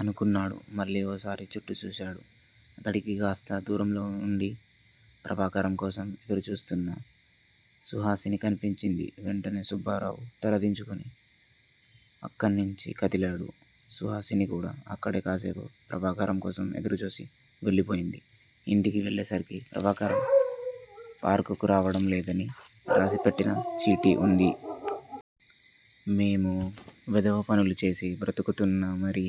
అనుకున్నాడు. మళ్ళీ ఓసారి చుట్టూ చూశాడు. అతడికి కాస్త దూరంలో ఉండి ప్రభాకరం కోసం ఎదురు చూస్తున్న సుహాసిని కనిపించింది. వెంటనే సుబ్బారావు తల దించుకుని అక్కణ్ణించి కదిలాడు. సుహాసిని కూడా అక్కడే కాసేపు ప్రభాకరం కోసం ఎదురు చూసి వెళ్ళిపోయింది. ఇంటికి వెళ్ళేసరికి ప్రభాకరం పార్కుకు రావడం లేదని రాసిపెట్టిన చీటీ ఉంది. మేము వెధవపనులు చేసి బ్రతుకుతున్నా మరీ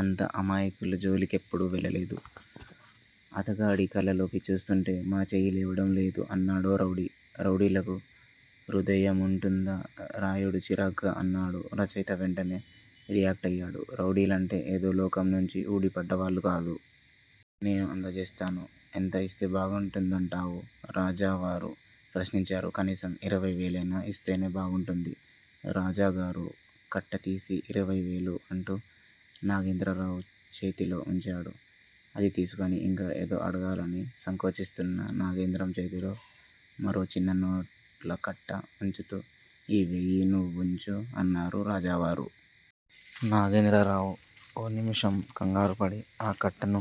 అంత అమాయకుల జోలికెప్పుడూ వెళ్ళలేదు. అతగాడి కళ్ళలోకి చూస్తూంటే మా చెయ్యి లేవడం లేదు అన్నాడో రౌడీ. రౌడీలకు హృదయముంటుందా? రాయుడు చిరాగ్గా అన్నాడు. రచయిత వెంటనే రియాక్టయ్యాడు రౌడీలంటే ఏదో లోకం నుంచి ఊడి పడ్డవాళ్ళు కాదు. నేను అందచేస్తాను. ఎంత ఇస్తే బాగుంటుందంటావు? రాజావారు, ప్రశ్నించారు. కనీసం ఇరవై వేలయినా ఇస్తేనే బాగుంటుంది. రాజాగారు కట్ట తీసి, ఇరవైవేలు అంటూ నాగేంద్రరావు చేతిలో ఉంచాడు. అది తీసుకుని ఇంకా ఏదో అడగాలని సంకోచిస్తున్న నాగేంద్రం చేతిలో మరో చిన్న నోట్ల కట్ట ఉంచుతూ, ఈ వెయ్యీ నువ్వుంచు అన్నారు రాజావారు. నాగేంద్రరావు ఓ నిముషం కంగారుపడి, ఆ కట్టను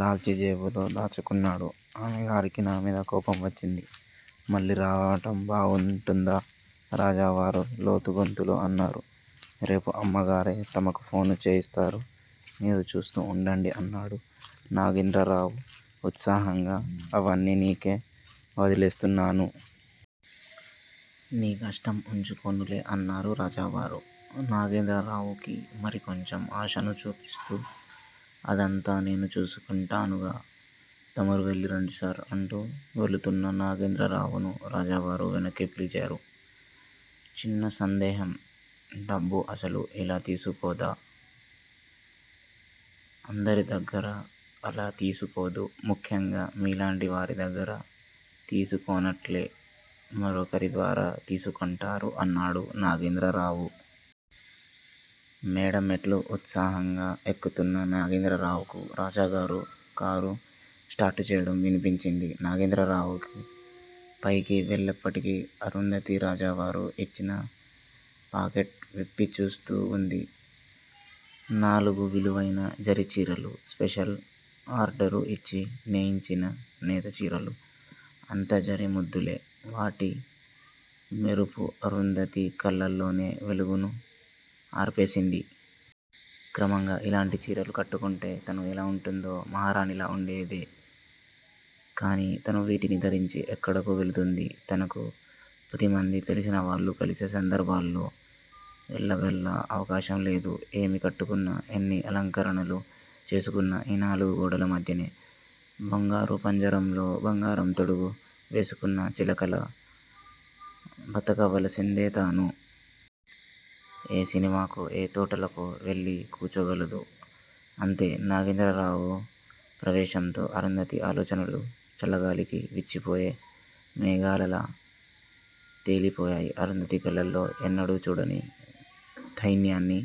లాల్చీజేబులో దాచుకున్నాడు. ఆమె గారికి నామీద కోపం వచ్చింది. మళ్ళీ రావటం బాగుంటుందా? రాజావారు లోతు గొంతులో అన్నారు. రేపు అమ్మగారే తమకు ఫోను చేయిస్తారు. మీరు చూస్తూ ఉండండి అన్నాడు నాగేంద్రరావు ఉత్సాహంగా. అవన్నీ నీకే వదిలేస్తున్నాను. నీ కష్టం ఉంచుకోనులే అన్నారు రాజావారు, నాగేంద్రరావుకి మరికొంచెం ఆశను చూపిస్తూ. అదంతా నేను చూసుకుంటానుగా? తమరు వెళ్ళిరండి సార్! అంటూ వెళుతున్న నాగేంద్రరావును రాజావారు వెనక్కి పిలిచారు. చిన్న సందేహం! డబ్బు అసలు ఇలా తీసుకోదా? అందరి దగ్గరా అలా తీసుకోదు, ముఖ్యంగా మీలాంటివారి దగ్గర తీసుకోనట్లే మరొకరి ద్వారా తీసుకొంటారు అన్నాడు నాగేంద్రరావు. మేడ మెట్లు ఉత్సాహంగా ఎక్కుతున్న నాగేంద్రరావుకు రాజాగారు కారు స్టార్టు చెయ్యడం వినిపించింది. నాగేంద్రరావు పైకి వెళ్ళేప్పటికి అరుంధతి రాజావారు ఇచ్చిన పాకెట్ విప్పిచూస్తూ వుంది. నాలుగు విలువైన జరీ చీరలు, స్పెషల్ ఆర్డరు ఇచ్చి నేయించిన నేత చీరలు, అంత జరీ ముద్దలే. వాటి మెరుపు అరుంధతి కళ్ళల్లోనే వెలుగును ఆర్పేసింది. క్రమంగా ఇలాంటి చీరలు కట్టుకుంటే తను ఎలా ఉంటుందో! మహారాణిలా ఉండేదే! కాని తను వీటిని ధరించి ఎక్కడకు వెళుతుంది? తనకు పదిమందీ తెలిసినవాళ్ళు కలిసే సందర్భాల్లో వెళ్ళగల అవకాశం లేదు. ఏమి కట్టుకున్నా, ఎన్ని అలంకరణలు చేసుకున్నా ఈ నాలుగు గోడల మధ్యనే. బంగారు పంజరంలో బంగారు తొడుగు వేసుకొన్న చిలకలా బతకవలసిందే తను. ఏ సినిమాకో, ఏ తోటలోకో వెళ్ళి కూచోగలదు. అంతే. నాగేంద్రరావు ప్రవేశంతో అరుంధతి ఆలోచనలు చల్లగాలికి విచ్చిపోయే మేఘాలలా తేలిపోయాయి. అరుంధతి కళ్ళలో ఎన్నడూ చూడని దైన్యాన్ని